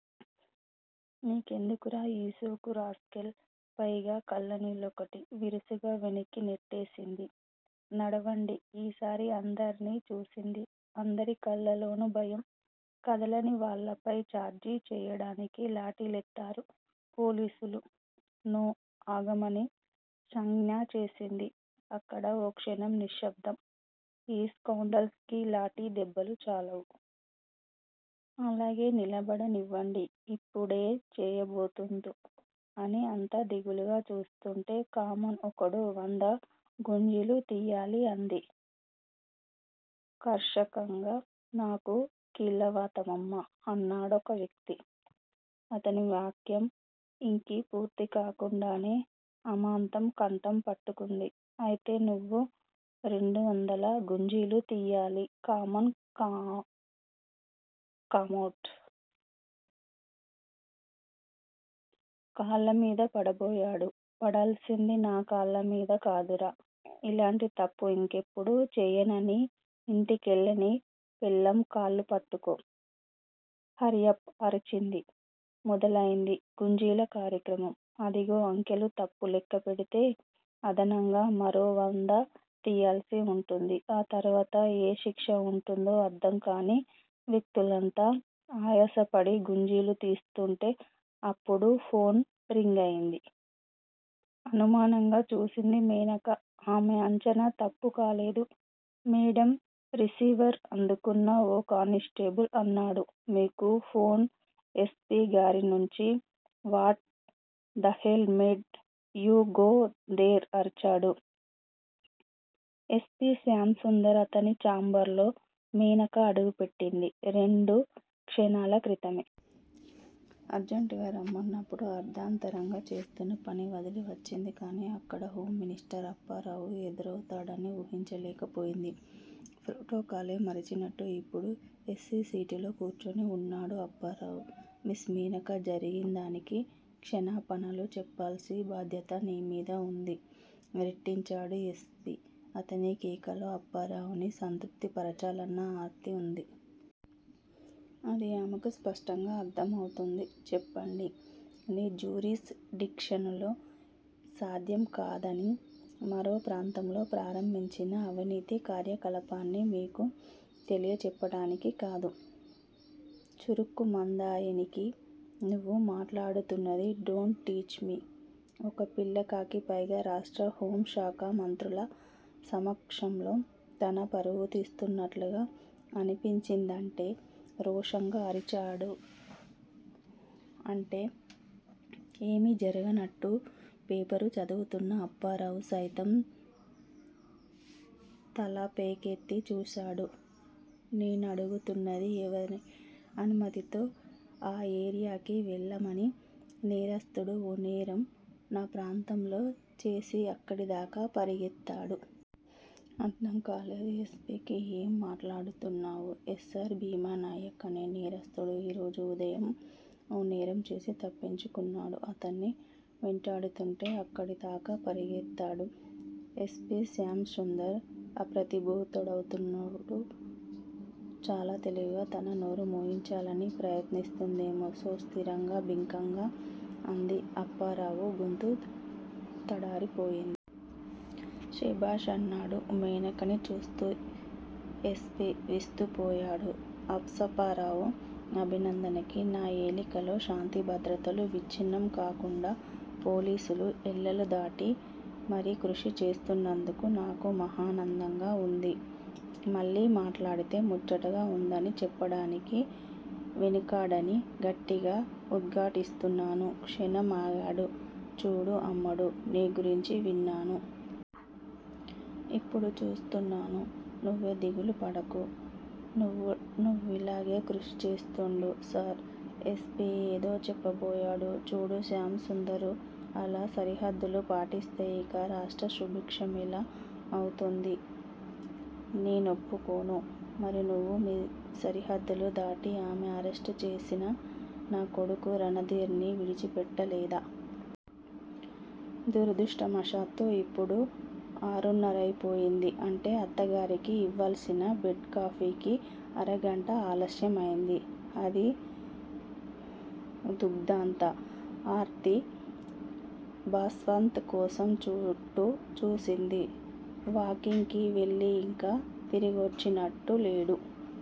నీ కెందుకురా ఈ షోకు? రాస్కెల్ పైగా కళ్ళనీళ్ళొకటి! విరుసుగా వెనక్కి నెట్టేసింది. నడవండి. ఈసారి అందర్నీ చూసింది. అందరి కళ్ళలోనూ భయం. కదలని వాళ్ళపైన ఛార్జీ చేయడానికి లాఠీలెత్తారు పోలీసులు. నో! అగమని సంజ్ఞచేసింది. అక్కడ ఓ క్షణం నిశ్సబ్దం. ఈ స్కౌండ్రల్స్ కి లాఠీ దెబ్బలు చాలవు. అలాగే నిలబడనివ్వండి. ఇప్పుడేం చేయబోతుందో అని అంతా దిగులుగా చూస్తుంటే కమాన్ ఒక్కోడూ వంద గుంజీలు తీయాలి అంది కర్కకంగా. నాకు కీళ్ళవాతమమ్మా. అన్నాడో వ్యక్తి. అతని వాక్యం ఇంకీ పూర్తికాకుండానే అమాంతం కంఠం పట్టుకుంది. అయితే, నువ్వు రెండొందల గుంజీలు తీయాలి. Come on-- come out! కాళ్ళమీద పడబోయాడు. పడాల్సింది నా కాళ్ళమీద కాదురా ఇలాంటి తప్పు ఇంకెప్పుడూ చేయనని ఇంటికెళ్ళినీ పెళ్ళాం కాళ్ళు పట్చుకో. హర్రియప్ అరిచింది. మొదలయింది గుంజీల కార్యక్రమం. అదిగో అంకెలు తప్పు లెక్కపెడితే అదనంగా మరో వందతీయాల్సి ఉంటుంది. ఆ తరువాత ఏ శిక్ష ఉంటుందో అర్థంకాని వ్యక్తులంతా ఆయాసపడి గుంజీలు తీస్తుంటే అప్పుడు ఫోన్ రింగయింది. అనుమానంగా చూసింది మేనక. ఆమె ఆంచనా తప్పు కాలేదు. మేడం రిసీవరు అందుకున్న ఓ కానిస్టేబుల్ అన్నాడు మీకు ఫోన్ ఎస్పీ గారి నుంచి. What the hell made you go there? అరిచాడు ఎస్పీ శ్యాం సుందర్. అతని ఛాంబర్ లో మేనక అడుగుపెట్టింది రెండు క్షణాల క్రితమే. అర్జెంటుగా రమ్మన్నప్పుడు అర్థాంతరంగా చేస్తున్న పని వదిలి వచ్చింది కాని, అక్కడ హోంమనిస్టర్ అప్పారావు ఎదురౌతాడని ఊహించలేకపోయింది. ప్రోటోకాలే మరిచినట్టు ఇప్పుడు ఎస్సీసీటులో కూర్చునిఉన్నాడు అప్పారావు. మిస్ మేనకా జరిగిందానికి క్షణాపణలు చెప్పాల్సిన బాధ్యత నీమీద ఉంది. రెట్టించాడు ఎస్పీ. అతని కేకలో అప్పారావుని సంతృప్తి పరచాలన్న ఆర్తి ఉంది. అది ఆమెకు స్పష్టంగా అర్థమౌతూంది. చెప్పండి. నీ జూరిస్ డిక్షనులో సాధ్యం కాదని మరో ప్రాంతంలో ప్రారంభించిన అవినీతి కార్యకలపాన్ని మీకు తెలియచెప్పటానికి కాదు. చరుక్కుమందాయనికి- నువ్వు మాట్లాడుతున్నది. Don't teach me! ఒక పిల్లకాకి పైగా రాష్ట్ర్రహోం శాఖామంత్రుల సమక్షంలో తన పరువు తీస్తున్నట్టుగా అనిపించిందంటే, రోషంగా అరిచాడూ అంటే, ఏమీ జరగనట్టు పేపరు చదువుతున్న అప్పారావు సైతం తలపేకెత్తి చూశాడు- నేనడుగుతున్నది ఎవరి అనుమతితో ఆ ఏరియాకివెళ్ళమని నేరస్థుడు ఓ నేరం నా ప్రాంతంలో చేసి అక్కడిదాకా పరుగెత్తాడు. అర్థం కాలేదు ఎస్పీకి. ఏం మాట్లాడుతున్నావు? ఎస్సర్ భీమనాయక్ అనే నేరస్థుడు ఈరోజు ఉదయం ఓ నేరం చేసి తప్పించుకున్నాడు. అతన్ని వెంటాడుతుంటే అక్కడిదాకా పరుగెత్తాడు. ఎస్పీ శ్యామసుదంర్ అప్రతిభూడౌతున్నడు చాలా తెలివిగా తన నోరు మూయించాలని ప్రయత్నిస్తూందామె. సో స్థిరంగా, బింకంగా అంది. అప్పారావు గొంతు తడారిపోయి శభాష్! అన్నాడు మేనకనిచూస్తూ ఎస్పీ విస్తుపోయాడు అప్సపారావు అభినందనకి. నా ఏలికలో శాంతిభద్రతలు విచ్ఛిన్నం కాకుండా పోలీసులు ఎల్లలు దాటి మరీ కృషీ చేస్తున్నందుకు నాకు మహనందంగా ఉంది. మళ్ళీ మట్లాడితే ముచ్చటగా ఉందిని చెప్పడానికి వెనకడని గట్టిగా ఉద్ఘాటిస్తున్నాను. క్షణం ఆగాడు. చూడు అమ్మడూ, నీ గురించి విన్నాను. ఇప్పుడు చూస్తున్నాను. నువ్వే దిగులుపడకు. నువ్వు నువ్విలాగే కృషి చేస్తూండు. సర్ ఎస్పీ ఏదో చెప్పబోయాడు. చూడు శ్యాం సుందరూ! అలా సరిహద్దులు పాటిస్తే ఇక రాష్ట్ర్రంసుభిక్షమెలా అవుతుంది? నే నొప్పుకోను. మరి నువ్వు మీ సరిహద్ధలు దాటి ఆమె ఆరెస్టు చేసిన నా కొడుకు రణదీర్ ని విడిచిపెట్టలేదా? దురదృష్టవశాత్తూ ఇప్పుడు ఆరున్నరయిపోయింది. అంటే అత్తగారికి ఇవ్వాల్సిన బెడ్ కాఫీకి అరగంట ఆలస్యమైంది. అదీ దుగ్ధంతా. ఆర్తి భాస్వంత్ కోసం చుట్టూ చూసింది. వాకింగ్ కి వెళ్ళి ఇంకా తిరిగొచ్చినట్టులేడు.